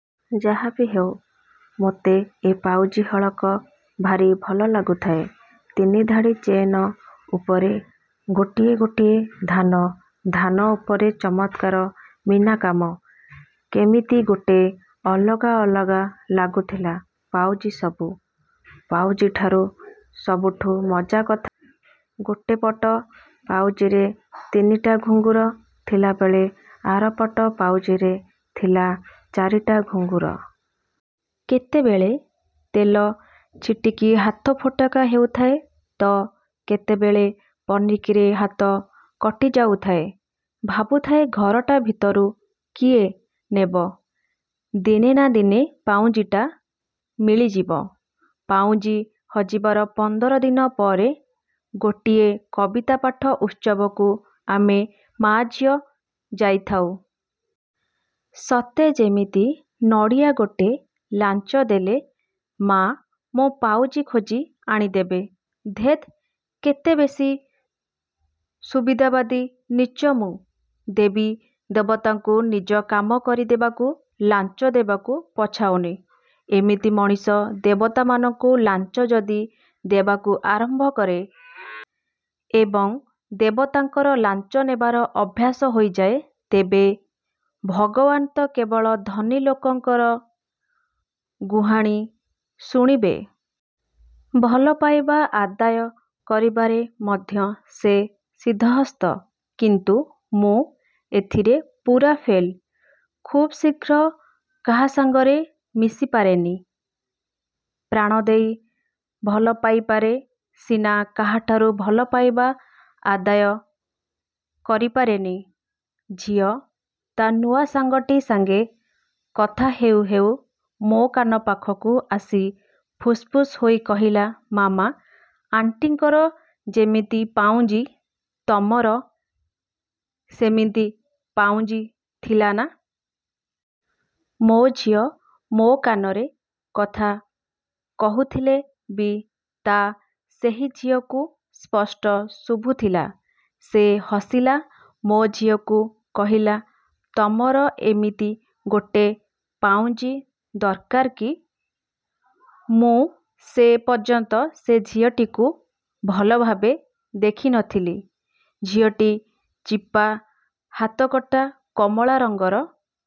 ଯାହାବି ହେଉ ମୋତେ ଏ ପାଉଁଜି ହଳକ ଭାରି ଭଲ ଲାଗୁଥାଏ। ତିନି ଧାଡ଼ି ଚେନ ଉପରେ ଗୋଟିଏ ଗୋଟିଏ ଧାନ, ଧାନ ଉପରେ ଚମତ୍କାର ମିନାକାମ। କେମିତି ଗୋଟେ ଅଲଗା ଅଲଗା ଲାଗୁଥିଲା ପାଉଁଜି ସବୁ ପାଉଁଜିଠାରୁ। ସବୁଠୁ ମଜାକଥା ଗୋଟେ ପଟ ପାଉଁଜିରେ ତିନିଟା ଘୁଙ୍ଗୁର ଥିଲାବେଳେ ଆରପଟ ପାଉଁଜିରେ ଥିଲା ଚାରିଟା ଘୁଙ୍ଗୁର। କେତେବେଳେ ତେଲ ଝିଟିକି ହାତ ଫୋଟକା ହେଉଥାଏ ତ କେତେବେଳେ ପନିକିରେ ହାତ କଟିଯାଉଥାଏ। ଭାବୁଥାଏ ଘରଟା ଭିତରୁ କିଏ ନେବ ଦିନେ ନା ଦିନେ ପାଉଁଜିଟା ମିଳିଯିବ। ପାଉଁଜି ହଜିବାର ପନ୍ଦର ଦିନ ପରେ ଗୋଟିଏ କବିତା ପାଠ ଉତ୍ସବକୁ ଆମେ ମା'ଝିଅ ଯାଇଥାଉ। ' ସତେ ଯେମିତି ନଡ଼ିଆ ଗୋଟେ ଲାଂଚ ଦେଲେ ମା' ମୋ ପାଉଁଜି ଖୋଜି ଆଣିଦେବେ। ଧେତ୍ କେତେବେଶୀ ସୁବିଦାବାଦୀ ନୀଚ୍ଚ ମୁଁ। ଦେବୀ ଦେବତାଙ୍କୁ ନିଜ କାମ କରିଦେବାକୁ ଲାଂଚ ଦେବାକୁ ପଛାଉନି। ଏମିତି ମଣିଷ ଦେବତାମାନଙ୍କୁ ଲାଂଚ ଯଦି ଦେବାକୁ ଆରମ୍ଭ କରେ ଏବଂ ଦେବତାଙ୍କର ଲାଂଚ ନେବାର ଅଭ୍ୟାସ ହୋଇଯାଏ, ତେବେ ଭଗବାନ ତ କେବଳ ଧନୀ ଲୋକଙ୍କର ଗୁହାଣୀ ଶୁଣିବେ? ଭଲ ପାଇବା ଆଦାୟ କରିବାରେ ମଧ୍ୟ ସେ ସିଦ୍ଧହସ୍ତ। କିନ୍ତୁ ମୁଁ ଏଥିରେ ପୁରା ଫେଲ୍। ଖୁବ୍ଶୀଘ୍ର କାହାସାଙ୍ଗରେ ମିଶିପାରେନି। ପ୍ରାଣ ଦେଇ ଭଲପାଇପାରେ ସିନା କାହାଠାରୁ ଭଲ ପାଇବା ଆଦାୟ କରିପାରେନି। ଝିଅ ତା' ନୂଆ ସାଙ୍ଗଟି ସାଙ୍ଗେ କଥା ହେଉ ହେଉ ମୋ କାନ ପାଖକୁ ଆସି ଫୁସ୍ ଫୁସ୍ ହୋଇ କହିଲା, ''ମାମା, ଆଣ୍ଟିଙ୍କର ଯେମିତି ପାଉଁଜି ତମର ସେମିତି ପାଉଁଜି ଥିଲା ନା। ମୋ ଝିଅ ମୋ କାନରେ କଥା କହୁଥିଲେ ବି ତା' ସେହି ଝିଅକୁ ସ୍ପଷ୍ଟ ଶୁଭୁଥିଲା ସେ ହସିଲା ମୋ ଝିଅକୁ କହିଲା ''ତମର ଏମିତି ଗୋଟେ ପାଉଁଜି ଦରକାର କି? ମୁଁ ସେ ପର୍ଯ୍ୟନ୍ତ ସେ ଝିଅଟିକୁ ଭଲଭାବେ ଦେଖିନଥିଲି। ଝିଅଟି ଚିପା ହାତକଟା କମଳା ରଙ୍ଗର